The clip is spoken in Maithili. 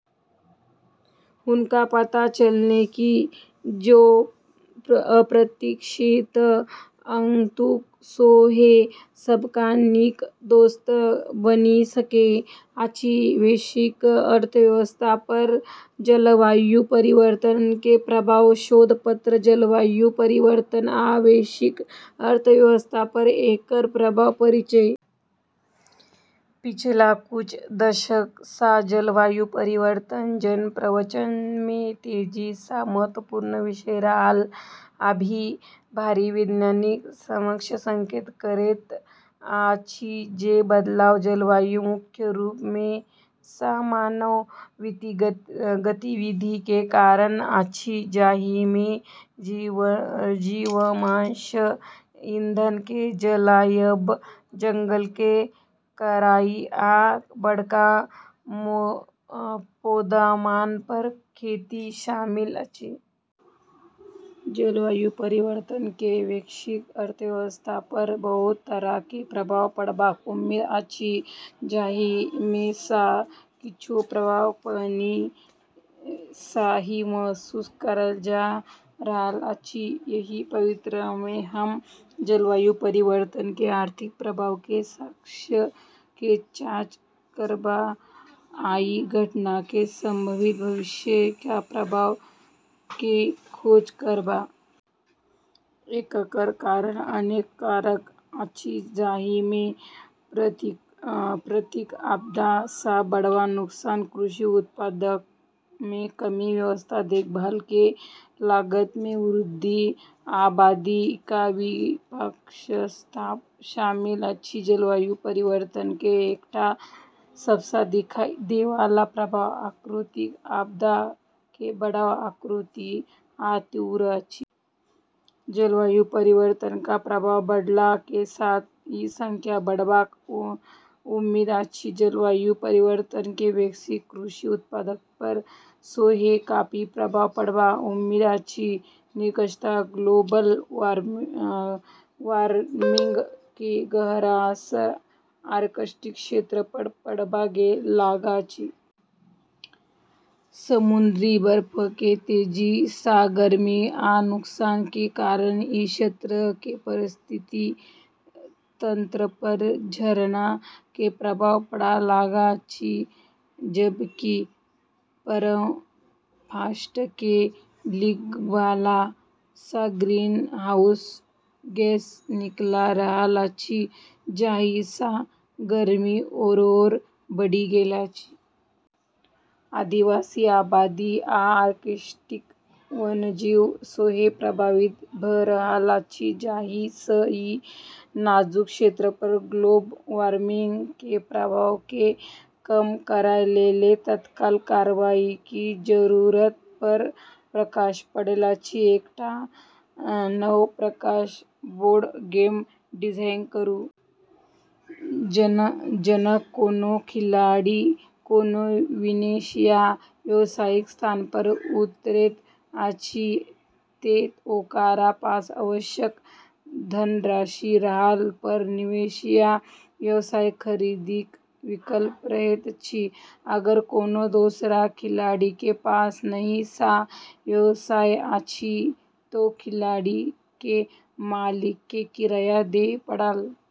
हुनका पता चललनि जे अप्रत्याशित आगंतुक सेहो सबसँ नीक दोस्त बनि सकैत अछि। वैश्विक अर्थव्यवस्था पर जलवायु परिवर्तन के प्रभाव - शोध पत्र। जलवायु परिवर्तन आ वैश्विक अर्थव्यवस्था पर एकर प्रभाव - परिचय। पिछला कुछ दशक सँ जलवायु परिवर्तन जन-प्रवचन मे तेजी सँ महत्वपूर्ण विषय रहल अछि। भारी वैज्ञानिक साक्ष्य संकेत करैत अछि जे बदलैत जलवायु मुख्य रूप सँ मानव गतिविधि के कारण अछि, जाहि मे जीवाश्म ईंधन के जलाएब, जंगल के कटाई, आ बड़का पैमाना पर खेती शामिल अछि। जलवायु परिवर्तन के वैश्विक अर्थव्यवस्था पर बहुत तरह के प्रभाव पड़बाक उम्मीद अछि, जाहि मे सँ किछु प्रभाव पहिने सँ ही महसूस कएल जा रहल अछि। एहि पत्र मे हम जलवायु परिवर्तन के आर्थिक प्रभाव के साक्ष्य के जांच करब, आ ई घटना के संभावित भविष्य के प्रभाव के खोज करब। एकर कारण अनेक कारक अछि, जाहि मे प्राकृतिक आपदा सँ बढ़ल नुकसान, कृषि उत्पादकता मे कमी, स्वास्थ्य देखभाल के लागत मे वृद्धि, आ आबादी के विस्थापन शामिल अछि। जलवायु परिवर्तन के एकटा सबसँ दिखाई देब वाला प्रभाव प्राकृतिक आपदा के बढ़ल आवृत्ति आ तीव्रता अछि। जलवायु परिवर्तन के प्रभाव बढ़ला के साथ ई संख्या बढ़बाक उम्मीद अछि। जलवायु परिवर्तन के वैश्विक कृषि उत्पादकता पर सेहो काफी प्रभाव पड़बाक उम्मीद अछि। निष्कर्षतः ग्लोबल वार्मिंग के गहरा असर आर्कटिक क्षेत्र पर पड़य लागल अछि। समुद्री बर्फ के तेजी सँ गर्मी आ नुकसान के कारण ई क्षेत्र के पारिस्थितिकी तंत्र पर झरना के प्रभाव पड़य लागल अछि, जबकि परमाफ्रॉस्ट के पिघलला सँ ग्रीनहाउस गैस निकलिए रहल अछि, जाहि सँ गर्मी आओर बढ़ि गेल अछि। आदिवासी आबादी आ आर्कटिक वन्यजीव सेहो प्रभावित भ' रहल अछि, जाहि सँ ई नाजुक क्षेत्र पर ग्लोबल वार्मिंग के प्रभाव केँ कम करय लेल तत्काल कार्रवाई के जरूरत पर प्रकाश पड़ैत अछि। एकटा नव प्रकारक बोर्ड गेम डिजाइन करू। जखन कोनो खिलाड़ी कोनो निवेश या व्यवसायिक स्थान पर उतरैत अछि तँ ओकरा पास आवश्यक धनराशि रहला पर निवेश या व्यवसाय खरीदबाक विकल्प रहैत अछि। अगर कोनो दोसर खिलाड़ी के पास पहिने सँ व्यवसाय अछि तँ खिलाड़ी केँ मालिक केँ किराया देबय पड़त।